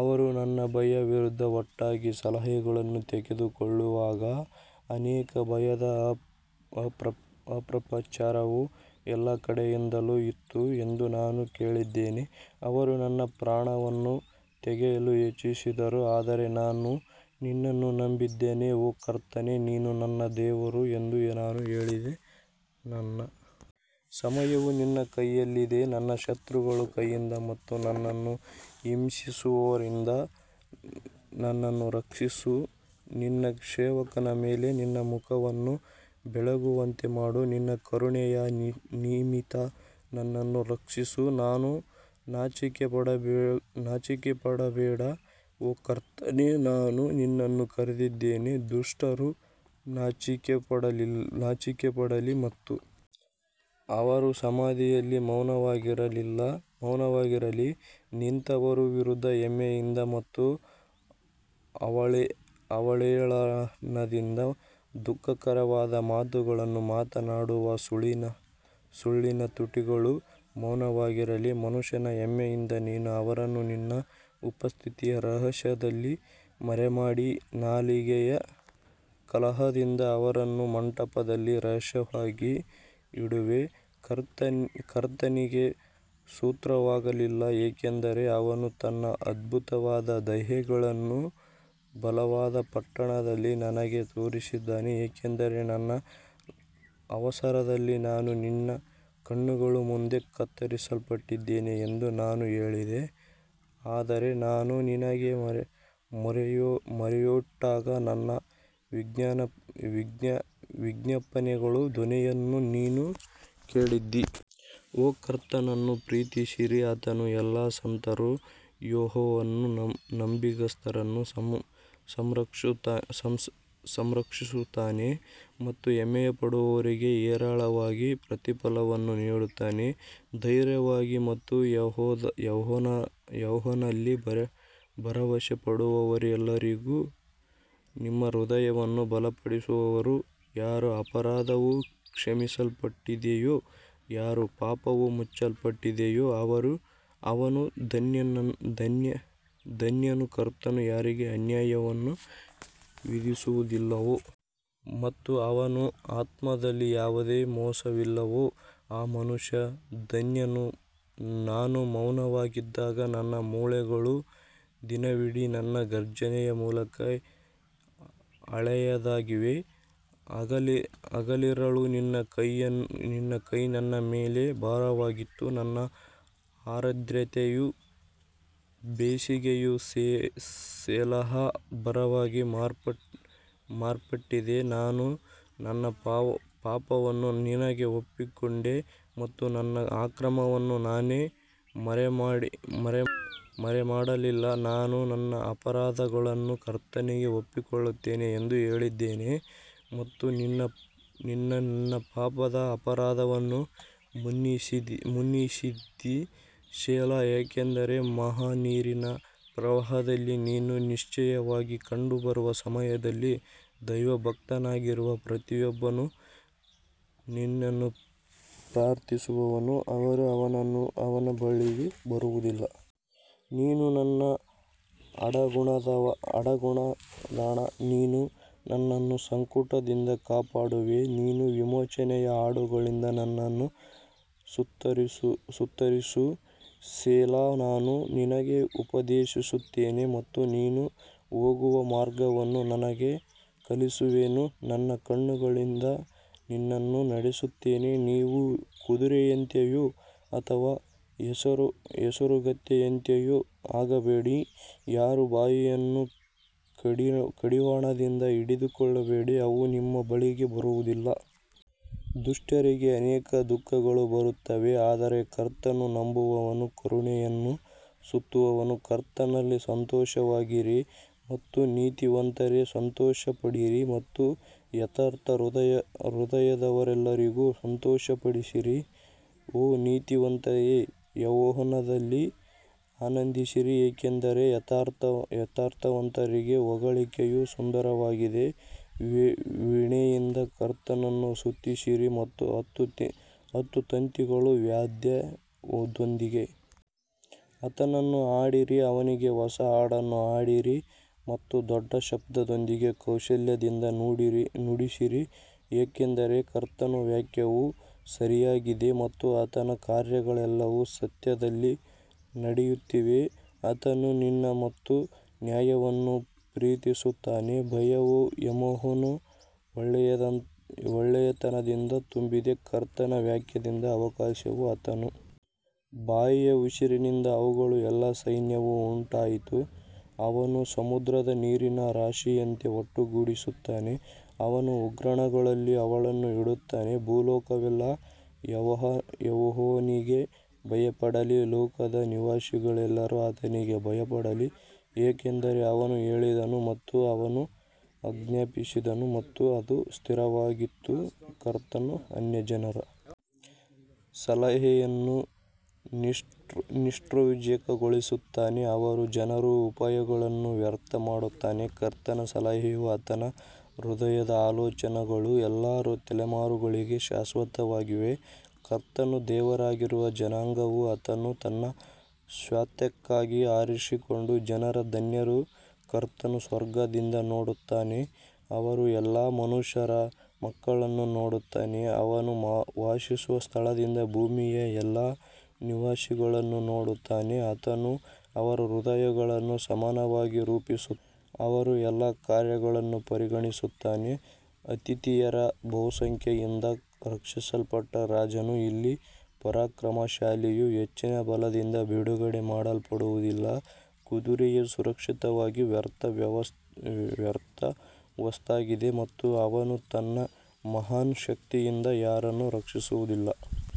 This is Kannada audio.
ಅವರು ನನ್ನ ವಿರುದ್ಧ ಒಟ್ಟಾಗಿ ಸಲಹೆಯನ್ನು ತೆಗೆದುಕೊಳ್ಳುವಾಗ ಅನೇಕ ಭಯದ ಅಪಪ್ರಚಾರವು ಎಲ್ಲಾ ಕಡೆಯಿಂದಲೂ ಇತ್ತು ಎಂದು ನಾನು ಕೇಳಿದ್ದೇನೆ, ಅವರು ನನ್ನ ಪ್ರಾಣವನ್ನು ತೆಗೆಯಲು ಯೋಚಿಸಿದರು ಆದರೆ ನಾನು ನಿನ್ನನ್ನು ನಂಬಿದ್ದೇನೆ ಓ ಕರ್ತನೇ, ನೀನು ನನ್ನ ದೇವರು ಎಂದು ನಾನು ಹೇಳಿದೆ ನನ್ನ ಸಮಯವು ನಿನ್ನ ಕೈಯಲ್ಲಿದೆ, ನನ್ನ ಶತ್ರುಗಳ ಕೈಯಿಂದ ಮತ್ತು ನನ್ನನ್ನು ಹಿಂಸಿಸುವವರಿಂದ ನನ್ನನ್ನು ರಕ್ಷಿಸು ನಿನ್ನ ಸೇವಕನ ಮೇಲೆ ನಿನ್ನ ಮುಖವನ್ನು ಬೆಳಗುವಂತೆ ಮಾಡು ನಿನ್ನ ಕರುಣೆಯ ನಿಮಿತ್ತ ನನ್ನನ್ನು ರಕ್ಷಿಸು ನಾನು ನಾಚಿಕೆಪಡಬೇಡ ಓ ಕರ್ತನೇ ನಾನು ನಿನ್ನನ್ನು ಕರೆದಿದ್ದೇನೆ ದುಷ್ಟರು ನಾಚಿಕೆಪಡಲಿ ಮತ್ತು ಅವರು ಸಮಾಧಿಯಲ್ಲಿ ಮೌನವಾಗಿರಲಿ ನೀತಿವಂತರ ವಿರುದ್ಧ ಹೆಮ್ಮೆಯಿಂದ ಮತ್ತು ಅವಹೇಳನದಿಂದ ದುಃಖಕರವಾದ ಮಾತುಗಳನ್ನು ಮಾತನಾಡುವ ಸುಳ್ಳಿನ ತುಟಿಗಳು ಮೌನವಾಗಿರಲಿ ಮನುಷ್ಯನ ಹೆಮ್ಮೆಯಿಂದ ನೀನು ಅವರನ್ನು ನಿನ್ನ ಉಪಸ್ಥಿತಿಯ ರಹಸ್ಯದಲ್ಲಿ ಮರೆಮಾಡಿ, ನಾಲಿಗೆಯ ಕಲಹದಿಂದ ಅವರನ್ನು ಮಂಟಪದಲ್ಲಿ ರಹಸ್ಯವಾಗಿ ಇಡುವೆ ಕರ್ತನಿಗೆ ಸ್ತೋತ್ರವಾಗಲಿ, ಏಕೆಂದರೆ ಅವನು ತನ್ನ ಅದ್ಭುತವಾದ ದಯೆಯನ್ನು ಬಲವಾದ ಪಟ್ಟಣದಲ್ಲಿ ನನಗೆ ತೋರಿಸಿದ್ದಾನೆ ಯಾಕಂದರೆ ನನ್ನ ಅವಸರದಲ್ಲಿ ನಾನು ನಿನ್ನ ಕಣ್ಣುಗಳ ಮುಂದೆ ಕತ್ತರಿಸಲ್ಪಟ್ಟಿದ್ದೇನೆ ಎಂದು ನಾನು ಹೇಳಿದೆ, ಆದರೆ ನಾನು ನಿನಗೆ ಮೊರೆಯಿಟ್ಟಾಗ ನನ್ನ ವಿಜ್ಞಾಪನೆಗಳ ಧ್ವನಿಯನ್ನು ನೀನು ಕೇಳಿದ್ದೀ. ಓ ಕರ್ತನನ್ನು ಪ್ರೀತಿಸಿರಿ, ಆತನ ಎಲ್ಲಾ ಸಂತರು, ಯೆಹೋವನು ನಂಬಿಗಸ್ತರನ್ನು ಸಂರಕ್ಷಿಸುತ್ತಾನೆ ಮತ್ತು ಹೆಮ್ಮೆಪಡುವವರಿಗೆ ಹೇರಳವಾಗಿ ಪ್ರತಿಫಲವನ್ನು ನೀಡುತ್ತಾನೆ ಧೈರ್ಯವಾಗಿರಿ ಮತ್ತು ಯೆಹೋವನಲ್ಲಿ ಭರವಸೆಯಿಡುವವರೆಲ್ಲರೂ ನಿಮ್ಮ ಹೃದಯವನ್ನು ಬಲಪಡಿಸುವರು ಯಾರ ಅಪರಾಧವು ಕ್ಷಮಿಸಲ್ಪಟ್ಟಿದೆಯೋ ಯಾರ ಪಾಪವು ಮುಚ್ಚಲ್ಪಟ್ಟಿದೆಯೋ ಅವನು ಧನ್ಯನು ಕರ್ತನು ಯಾರಿಗೆ ಅನ್ಯಾಯವನ್ನು ವಿಧಿಸುವುದಿಲ್ಲವೋ ಮತ್ತು ಅವನ ಆತ್ಮದಲ್ಲಿ ಯಾವುದೇ ಮೋಸವಿಲ್ಲವೋ ಆ ಮನುಷ್ಯನು ಧನ್ಯನು ನಾನು ಮೌನವಾಗಿದ್ದಾಗ ನನ್ನ ಮೂಳೆಗಳು ದಿನವಿಡೀ ನನ್ನ ಘರ್ಜನೆಯ ಮೂಲಕ ಹಳೆಯದಾಗಿವೆ ಹಗಲಿರುಳು ನಿನ್ನ ಕೈ ನನ್ನ ಮೇಲೆ ಭಾರವಾಗಿತ್ತು ನನ್ನ ಆರ್ದ್ರತೆಯು ಬೇಸಿಗೆಯ ಸೆಲಾಹ್ ಬರವಾಗಿ ಮಾರ್ಪಟ್ಟಿದೆ ನಾನು ನನ್ನ ಪಾಪವನ್ನು ನಿನಗೆ ಒಪ್ಪಿಕೊಂಡೆ ಮತ್ತು ನನ್ನ ಅಕ್ರಮವನ್ನು ನಾನು ಮರೆಮಾಡಲಿಲ್ಲ, ನಾನು ನನ್ನ ಅಪರಾಧಗಳನ್ನು ಕರ್ತನಿಗೆ ಒಪ್ಪಿಕೊಳ್ಳುತ್ತೇನೆ ಎಂದು ಹೇಳಿದ್ದೇನೆ ಮತ್ತು ನೀನು ನನ್ನ ಪಾಪದ ಅಪರಾಧವನ್ನು ಮನ್ನಿಸಿದಿ ಸೆಲಾ ಯಾಕಂದರೆ ಮಹಾನೀರಿನ ಪ್ರವಾಹದಲ್ಲಿ ನೀನು ನಿಶ್ಚಯವಾಗಿ ಕಂಡುಬರುವ ಸಮಯದಲ್ಲಿ ದೈವಭಕ್ತನಾಗಿರುವ ಪ್ರತಿಯೊಬ್ಬನು ನಿನ್ನನ್ನು ಪ್ರಾರ್ಥಿಸುವನು, ಅವರು ಅವನ ಬಳಿಗೆ ಬರುವುದಿಲ್ಲ. ನೀನು ನನ್ನ ಅಡಗುದಾಣ ನೀನು ನನ್ನನ್ನು ಸಂಕಟದಿಂದ ಕಾಪಾಡುವೆ ನೀನು ವಿಮೋಚನೆಯ ಹಾಡುಗಳಿಂದ ನನ್ನನ್ನು ಸುತ್ತುವರಿಸು ಸೆಲಾ ನಾನು ನಿನಗೆ ಉಪದೇಶಿಸುತ್ತೇನೆ ಮತ್ತು ನೀನು ಹೋಗುವ ಮಾರ್ಗವನ್ನು ನಿನಗೆ ಕಲಿಸುವೆನು, ನನ್ನ ಕಣ್ಣಿನಿಂದ ನಿನ್ನನ್ನು ನಡೆಸುತ್ತೇನೆ ನೀವು ಕುದುರೆಯಂತೆಯೂ ಅಥವಾ ಹೇಸರಗತ್ತೆಯಂತೆಯೂ ಆಗಬೇಡಿ, ಯಾರ ಬಾಯಿಯನ್ನು ಕಡಿವಾಣದಿಂದ ಹಿಡಿದುಕೊಳ್ಳಬೇಕು, ಅವು ನಿಮ್ಮ ಬಳಿಗೆ ಬರುವುದಿಲ್ಲ. ದುಷ್ಟರಿಗೆ ಅನೇಕ ದುಃಖಗಳು ಬರುತ್ತವೆ ಆದರೆ ಕರ್ತನನ್ನು ನಂಬುವವನು ಕರುಣೆಯನ್ನು ಸುತ್ತುವನು ಕರ್ತನಲ್ಲಿ ಸಂತೋಷವಾಗಿರಿ ಮತ್ತು ನೀತಿವಂತರೇ ಸಂತೋಷಪಡಿರಿ ಮತ್ತು ಯಥಾರ್ಥ ಹೃದಯದವರೆಲ್ಲರೂ ಸಂತೋಷಪಡಿರಿ. ಓ ನೀತಿವಂತರೇ, ಯೆಹೋವನಲ್ಲಿ ಆನಂದಿಸಿರಿ, ಏಕೆಂದರೆ ಯಥಾರ್ಥವಂತರಿಗೆ ಹೊಗಳಿಕೆಯು ಸುಂದರವಾಗಿದೆ ವೀಣೆಯಿಂದ ಕರ್ತನನ್ನು ಸ್ತುತಿಸಿರಿ ಮತ್ತು ಹತ್ತು ತಂತಿಗಳ ವಾದ್ಯದೊಂದಿಗೆ ಆತನನ್ನು ಹಾಡಿರಿ ಅವನಿಗೆ ಹೊಸ ಹಾಡನ್ನು ಹಾಡಿರಿ ಮತ್ತು ದೊಡ್ಡ ಶಬ್ದದೊಂದಿಗೆ ಕೌಶಲ್ಯದಿಂದ ನುಡಿಸಿರಿ ಯಾಕಂದರೆ ಕರ್ತನ ವಾಕ್ಯವು ಸರಿಯಾಗಿದೆ ಮತ್ತು ಆತನ ಕಾರ್ಯಗಳೆಲ್ಲವೂ ಸತ್ಯದಲ್ಲಿ ನಡೆಯುತ್ತವೆ ಆತನು ನೀತಿ ಮತ್ತು ನ್ಯಾಯವನ್ನು ಪ್ರೀತಿಸುತ್ತಾನೆ, ಭೂಮಿಯು ಯೆಹೋವನ ಒಳ್ಳೆಯತನದಿಂದ ತುಂಬಿದೆ ಕರ್ತನ ವಾಕ್ಯದಿಂದ ಆಕಾಶವೂ ಆತನ ಬಾಯಿಯ ಉಸಿರಿನಿಂದ ಅವುಗಳ ಎಲ್ಲಾ ಸೈನ್ಯವೂ ಉಂಟಾಯಿತು ಅವನು ಸಮುದ್ರದ ನೀರನ್ನು ರಾಶಿಯಂತೆ ಒಟ್ಟುಗೂಡಿಸುತ್ತಾನೆ, ಅವನು ಉಗ್ರಾಣಗಳಲ್ಲಿ ಆಳವನ್ನು ಇಡುತ್ತಾನೆ ಭೂಲೋಕವೆಲ್ಲಾ ಯೆಹೋವನಿಗೆ ಭಯಪಡಲಿ, ಲೋಕದ ನಿವಾಸಿಗಳೆಲ್ಲರೂ ಆತನಿಗೆ ಭಯಪಡಲಿ ಯಾಕಂದರೆ ಅವನು ಹೇಳಿದನು ಮತ್ತು ಅವನು ಆಜ್ಞಾಪಿಸಿದನು ಮತ್ತು ಅದು ಸ್ಥಿರವಾಯಿತು ಕರ್ತನು ಅನ್ಯಜನರ ಸಲಹೆಯನ್ನು ನಿಷ್ಪ್ರಯೋಜಕಗೊಳಿಸುತ್ತಾನೆ, ಅವನು ಜನರ ಉಪಾಯಗಳನ್ನು ವ್ಯರ್ಥ ಮಾಡುತ್ತಾನೆ ಕರ್ತನ ಸಲಹೆಯು ಆತನ ಹೃದಯದ ಆಲೋಚನೆಗಳು ಎಲ್ಲಾ ತಲೆಮಾರುಗಳಿಗೂ ಶಾಶ್ವತವಾಗಿದೆ ಕರ್ತನ ದೇವರಾಗಿರುವ ಜನಾಂಗವೂ ಆತನು ತನ್ನ ಸ್ವಾಸ್ತ್ಯಕ್ಕಾಗಿ ಆರಿಸಿಕೊಂಡ ಜನರೂ ಧನ್ಯರು ಕರ್ತನು ಸ್ವರ್ಗದಿಂದ ನೋಡುತ್ತಾನೆ ಅವನು ಎಲ್ಲಾ ಮನುಷ್ಯರ ಮಕ್ಕಳನ್ನು ನೋಡುತ್ತಾನೆ ಅವನು ವಾಸಿಸುವ ಸ್ಥಳದಿಂದ ಭೂಮಿಯ ಎಲ್ಲಾ ನಿವಾಸಿಗಳನ್ನು ನೋಡುತ್ತಾನೆ ಆತನು ಅವರ ಹೃದಯಗಳನ್ನು ಸಮಾನವಾಗಿ ರೂಪಿಸುತ್ತಾನೆ, ಅವರ ಎಲ್ಲಾ ಕಾರ್ಯಗಳನ್ನು ಪರಿಗಣಿಸುತ್ತಾನೆ ಆತಿಥೇಯರ ಬಹುಸಂಖ್ಯೆಯಿಂದ ರಕ್ಷಿಸಲ್ಪಟ್ಟ ರಾಜನು ಇಲ್ಲ, ಪರಾಕ್ರಮಶಾಲಿಯು ಹೆಚ್ಚಿನ ಬಲದಿಂದ ಬಿಡುಗಡೆ ಮಾಡಲ್ಪಡುವುದಿಲ್ಲ ಕುದುರೆಯು ಸುರಕ್ಷತೆಗಾಗಿ ವ್ಯರ್ಥ ವಸ್ತುವಾಗಿದೆ ಮತ್ತು ಅವನು ತನ್ನ ಮಹಾನ್ ಶಕ್ತಿಯಿಂದ ಯಾರನ್ನೂ ರಕ್ಷಿಸುವುದಿಲ್ಲ.